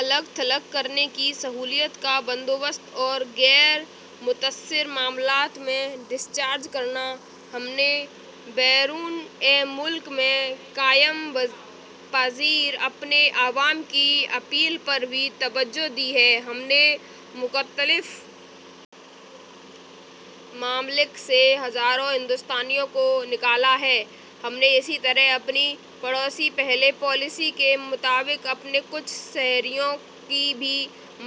الگ تھلگ کرنے کی سہولیات کا بندوبست اور غیر متاثر معاملات میں ڈسچارج کرنا ہم نے بیرون ملک میں قیام پذیر اپنے عوام کی اپیل پر بھی توجہ دی ہے ہم نے مختلف ممالک سے ہزاروں ہندوستانیوں کو نکالا ہے ہم نے اسی طرح اپنی پڑوسی پہلے پالیسی کے مطابق آپ کے کچھ شہریوں کی بھی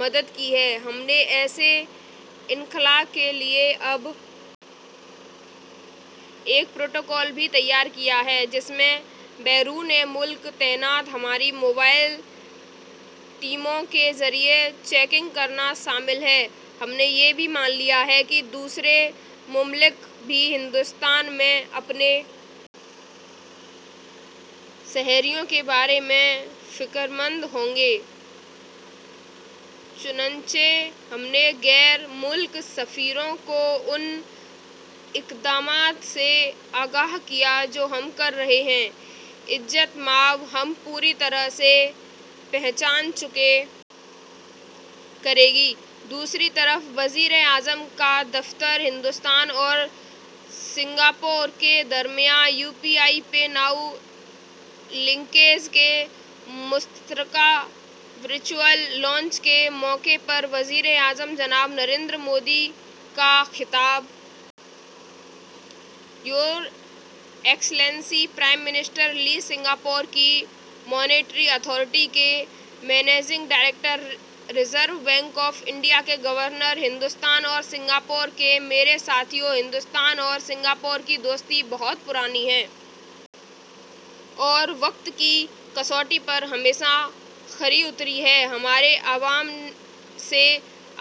مدد کی ہے ہم نے ایسے انخلا کے لیے اب ایک پروٹوکول بھی تیار کیا ہے جس میں بیرون ملک تعینات ہماری موبائل ٹیموں کے ذریعے چیکنگ کرنا شامل ہے ہم نے یہ بھی مان لیا کہ دوسرے ممالک بھی ہندوستان میں اپنے شہریوں کے بارے میں فکر مند ہوں گے چنانچہ ہم نے غیر ملکی سفیروں کو ان اقدامات سے آگاہ کیا جو ہم کر رہے ہیں عزت مآب ہم پوری طرح سے پہچان چکے کرے گی دوسری طرف وزیر اعظم کا دفتر ہندوستان اور سنگاپور کے درمیان UPI PayNow linkage کے مشترکہ ورچوئل لانچ کے موقع پر وزیر اعظم جناب نریندر مودی کا خطاب your excellency prime minister Lee Singapore کی مانیٹری اتھارٹی کے managing director reserve bank of India کے گورنر ہندوستان اور سنگاپور کے میرے ساتھیو ہندوستان اور سنگاپور کی دوستی بہت پرانی ہے اور وقت کی کسوٹی پر ہمیشہ کھری اتری ہے ہمارے عوام سے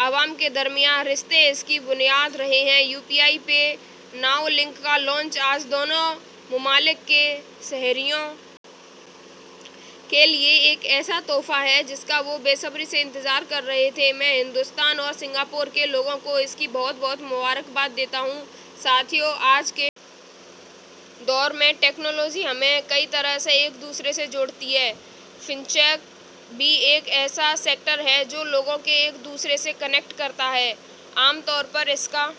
عوام کے درمیان رشتے اس کی بنیاد رہے ہیں UPI PayNow link کا لانچ آج دونوں ممالک کے شہریوں کے لیے ایک ایسا تحفہ ہے جس کا وہ بے صبری سے انتظار کر رہے تھے میں ہندوستان اور سنگاپور کے لوگوں کو اس کی بہت بہت مبارکباد دیتا ہوں ساتھیو آج کے دور میں ٹیکنالوجی ہمیں کئی طرح سے ایک دوسرے سے جوڑتی ہے فن ٹیک بھی ایک ایسا سیکٹر ہے جو لوگوں کو ایک دوسرے سے کنیکٹ کرتا ہے عام طور پر اس کا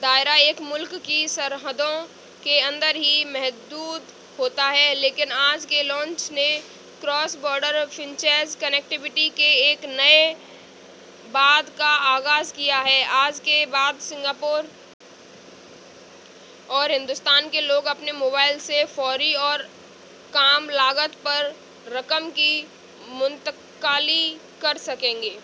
دائرہ ایک ملک کی سرحدوں کے اندر ہی محدود ہوتا ہے لیکن آج کے لانچ نے cross border fintech connectivity کے ایک نئے باب کا آغاز کیا ہے آج کے بعد سنگاپور اور ہندوستان کے لوگ اپنے موبائل سے فوری اور کم لاگت پر رقم کی منتقلی کر سکیں گے